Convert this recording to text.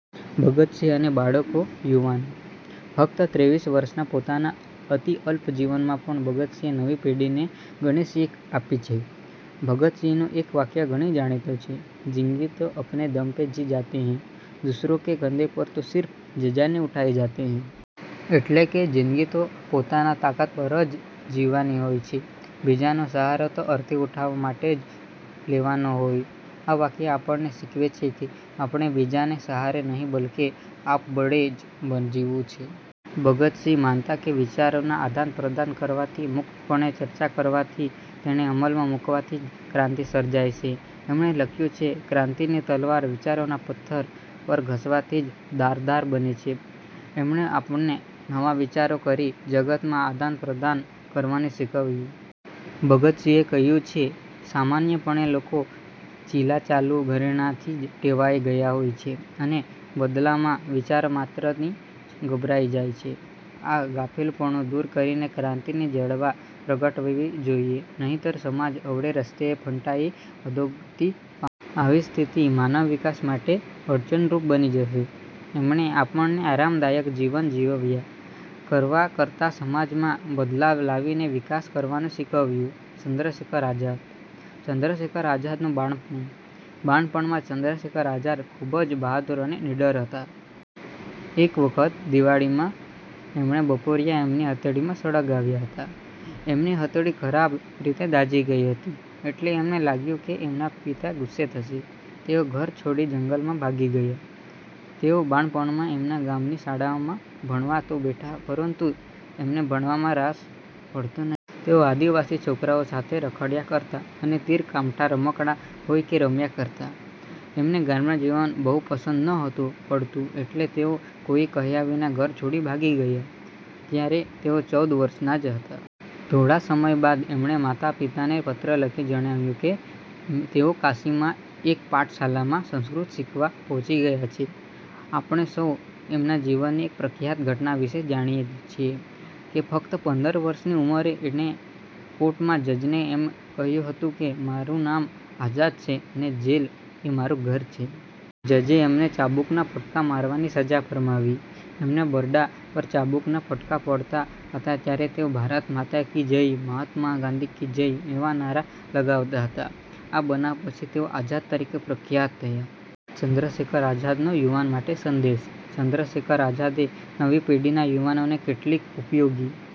ભગતસિંહ અને બાળકો યુવાનો: ફક્ત ત્રેવીસ વર્ષના પોતાના અતિ અલ્પ જીવનમાં પણ ભગતસિંહે નવી પેઢીને ઘણી શીખ આપી છે. ભગતસિંહનું એક વાક્ય ઘણું જાણીતું છે, "જિંદગી તો અપને દમ પે જી જાતી હૈ, દૂસરોં કે કંધે પર તો સિર્ફ જનાજે ઉઠાયે જાતે હૈ." એટલે કે, "જિંદગી તો આપણી પોતાની તાકાત પર જ જીવવાની હોય છે. બીજાનો સહારો તો અર્થી ઉઠાવવા। માટે જ લેવાનો હોય." આ વાક્ય આપણને શીખવે છે કે આપણે બીજાને સહારે નહિ બલ્કે આપબળે જ જીવવાનું છે. ભગતસિંહ માનતા કે વિચારોના આદાનપ્રદાન કરવાથી, મુક્તપણે ચર્ચા કરવાથી અને તેને અમલમાં મુકવાથી જ ક્રાંતિ સર્જાય છે. એમણે લખ્યું છે "ક્રાંતિની તલવાર વિચારોના પથ્થર પર ઘસવાથી જ ધારદાર બને છે." એમણે આપણને નવા-નવા વિચારો કરી, જગત સાથે આદાનપ્રદાન કરવાનું શીખવ્યું. ભગતસિંહે કહ્યું છે, "સામાન્યપણે લોકો ચીલાચાલુ ઘરેડથી જ ટેવાઈ ગયા હોય છે અને બદલાવના વિચાર માત્રથી જ ગભરાઈ જાય છે. આ ગાફેલપણું દૂર કરીને ક્રાંતિની જવાળા પ્રગટાવવી જોઈએ. નહીંતર સમાજ અવળે રસ્તે ફંટાઈને અધોગતિ પામશે. આવી સ્થિતિ માનવ વિકાસ માટે અડચણરૂપ બની જશે." એમણે આપણને આરામદાયક જીવન જીવ્યા કરવા કરતાં સમાજમાં બદલાવ લાવીને વિકાસ કરવાનું શીખવ્યું. ચંદ્રશેખર આઝાદ: ચંદ્રશેખર આઝાદનું બાળપણ: બાળપણમાં ચંદ્રશેખર આઝાદ ખુબ જ બહાદુર અને નીડર હતા. એક વખત દિવાળીમાં એમણે બપોરીયા એમની હથેળીમાં સળગાવ્યા હતા. એમની હથેળી ખરાબ રીતે દાઝી ગઈ હતી એટલે એમને લાગ્યું કે એમના પિતા બહુ ગુસ્સે થશે. તેઓ ઘર છોડી જંગલમાં ભાગી ગયા! તેઓ બાળપણમાં એમના ગામની શાળામાં ભણવા તો બેઠા પરંતુ એમને ભણવામાં ખાસ રસ પડતો નહિ. તેઓ આદિવાસી છોકરાઓ સાથે રખડયા કરતા અને તીર કામઠાં રમકડાં હોય એમ રમ્યા કરતા. એમને ગ્રામ્ય જીવન બહુ પસંદ નહોતું પડતું એટલે તેઓ કોઈને કહ્યા વિના ઘર છોડી ભાગી ગયા. ત્યારે તેઓ ચૌદ વર્ષના જ હતા. થોડા સમય બાદ એમણે માતા પિતાને પત્ર લખી જણાવ્યું કે તેઓ કાશીમાં એક પાઠશાળામાં સંસ્કૃત શીખવા પહોંચી ગયા છે. આપણે સૌ એમના જીવનની એક પ્રખ્યાત ઘટના વિષે જાણીએ જ છીએ કે ફક્ત પંદર વર્ષની ઉંમરે એમણે કોર્ટના જજને એમ કહ્યું હતું કે મારુ નામ આઝાદ છે, અને જેલ એ મારું ઘર છે. જજે એમને ચાબુકના ફટકા મારવાની સજા ફરમાવી. એમને બરડા પર ચાબુકના ફટકા પડતા હતા ત્યારે તેઓ "ભારત માતા કી જય", "મહાત્મા ગાંધી કી જય" એવા નારા લગાવતા હતા. આ બનાવ પછી તેઓ આઝાદ તરીકે પ્રખ્યાત થયા. ચંદ્રશેખર આઝાદનો યુવાનો માટે સંદેશ: ચંદ્રશેખર આઝાદે નવી પેઢીના યુવાનોને કેટલાક ઉપયોગી